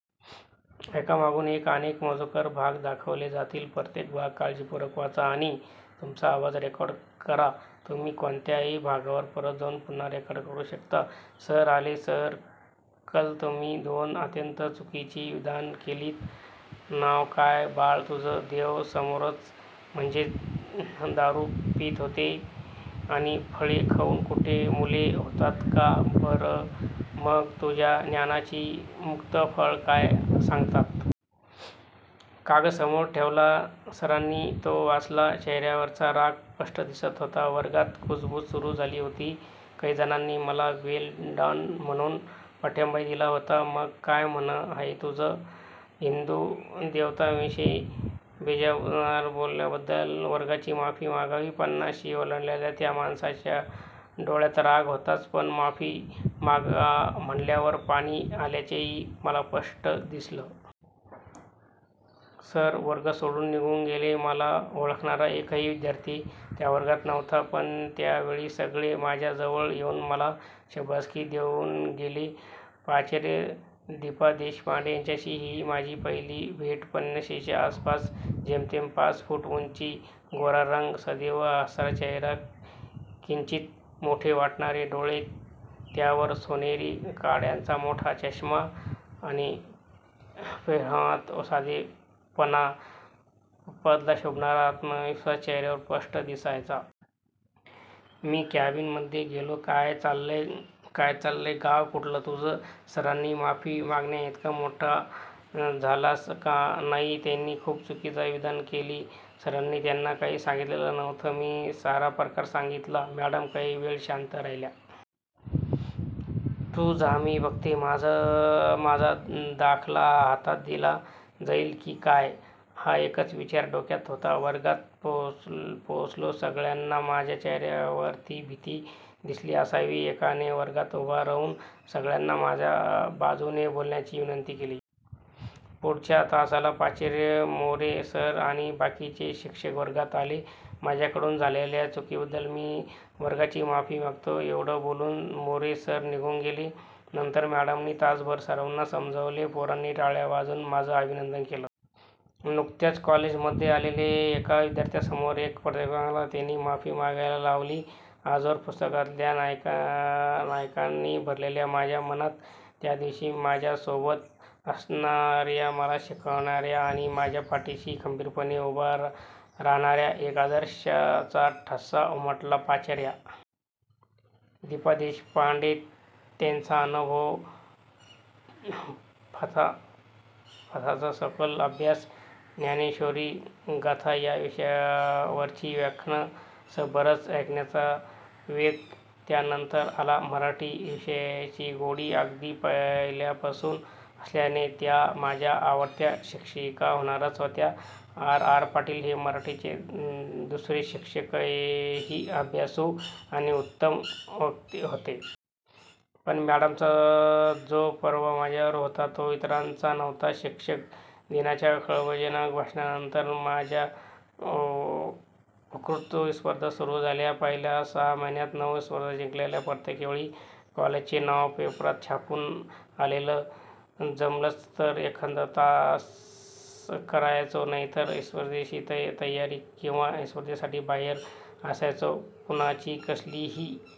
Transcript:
Sir आले,"सर काल तुम्ही दोन अत्यंत चुकिची विधानं केलीत" "नाव काय बाळा तुझं? " "देव सोमरस म्हणजेच दारू पीत होते आणि फळे खाऊन कुठे मुले होतात का? " "बर मग तुझ्या ज्ञानाची मुक्ताफळं काय सांगतात? " कागद समोर ठेवला. सरांनी तो वाचला, चेहर्यावरचा राग स्पष्ट दिसत होता. वर्गात कुजबूज सुरू झाली होती. काहीजणांनी मला वेल डन म्हणून पाठींबाही दिला होता. "मग काय म्हणनं आहे तुझं? " "हिंदु दैवतांविषयी बेजबाबदार बोलल्याबद्दल वर्गाची माफी मागावी" पन्नाशी ओलांडलेल्या त्या माणसाच्या डोळ्यात राग होताच पण माफी मागा म्हणाल्यावर पाणी आल्याचंही मला स्पष्ट दिसलं. सर वर्ग सोडून निघून गेले. मला ओळखणारा एकही विध्यार्थी त्या वर्गात नव्हता पण त्या वेळी सगळे माझ्या जवळ येऊन मला शाबासकी देऊन गेले. प्राचार्या दिपा देशपांडे यांच्याशी ही माझी पहिली भेट. पन्नाशीच्या आसपास, जेमतेम पाच फुट उंची, गोरा रंग, सदैव हसरा चेहरा, किंचीत मोठे वाटणारे डोळे, त्यावर सोनेरी काड्यांचा मोठा चष्मा, पेहरावात साधेपणा, पदाला शोभणारा आत्मविश्वास चेहर्यावर स्पष्ट दिसायचा. मी केबीनमधे गेलो. "काय चाललय? गाव कुठलं तुझं? " "सरांनी माफी मागण्याइतका मोठा झालास का? " "नाही. त्यानी खूप चुकिची विधानं केली" सरांनी त्याना काही सांगितलेलं नव्हतं. मी सारा प्रकार सांगितला. मॅडम काही वेळ शांत राहिल्या. "तू जा मी बघते" माझा दाखला हातात दिला जाईल की काय? हा एकच विचार डोक्यात होता. वर्गात पोहोचलो. सगळ्यांना माझ्या चेहर्यावर ती भिती दिसली असावी. एकाने वर्गात उभा राहून सगळ्यांना माझ्या बाजूने बोलण्याची विनंती केली. पुढच्याच तासाला प्राचार्या, मोरे सर आणि बाकीचे शिक्षक वर्गात आले. "माझ्याकडून झालेल्या चुकिबद्दल मी वर्गाची माफी मागतो" एवढ बोलून मोरे सर निघून गेले. नंतर मॅडमनी तासभर सर्वांना समजावले. पोरांनी टाळ्या वाजवून माझं अभिनंदन केलं. नुकत्याच कॉलेजमधे आलेल्या एका विध्यार्थ्यासमोर एका प्राध्यापकाला त्यानी माफी मागायला लावली. आजवर पुस्तकातल्या नायकांनी भरलेल्या माझ्या मनात त्यादिवशी माझ्या सोबत असणार्या, मला शिकवणार्या आणि माझ्या पाठीशी खंबीरपणे उभा राहणार्या एका आदर्शाचा ठसा उमटला. प्राचार्या दिपा देशपांडे. त्यांचा महानुभव पंथाचा सखोल अभ्यास, ज्ञानेश्वरी, गाथा या विषयांवरची व्याख्यानं असं बरच ऐकण्याचा योग त्यानंतर आला. मराठी विषयाची गोडी अगदी पहिल्यापासून असल्याने त्या माझ्या आवडत्या शिक्षीका होणारच होत्या. आर. आर. पाटील हे मराठीचे दुसरे शिक्षकही अभ्यासू आणि उत्तम वक्ते होते. पण मॅडमचा जो प्रभाव माझ्यावर होता तो इतरांचा नव्हता. शिक्षक दिनाच्या खळबळजनक भषणानंतर माझ्या वक्तृत्व स्पर्धा सुरू झाल्या. पहिल्या सहा महिन्यात नऊ स्पर्धा जिंकलेल्या. प्रत्येक वेळी कॉलेजचे नाव पेपरात छापून आलेलं. जमलच तर एखादा तास करायचो नाहीतर स्पर्धेची तयारी किंवा स्पर्धेसाठी बाहेरच असायचो. कुणाची कसलीही--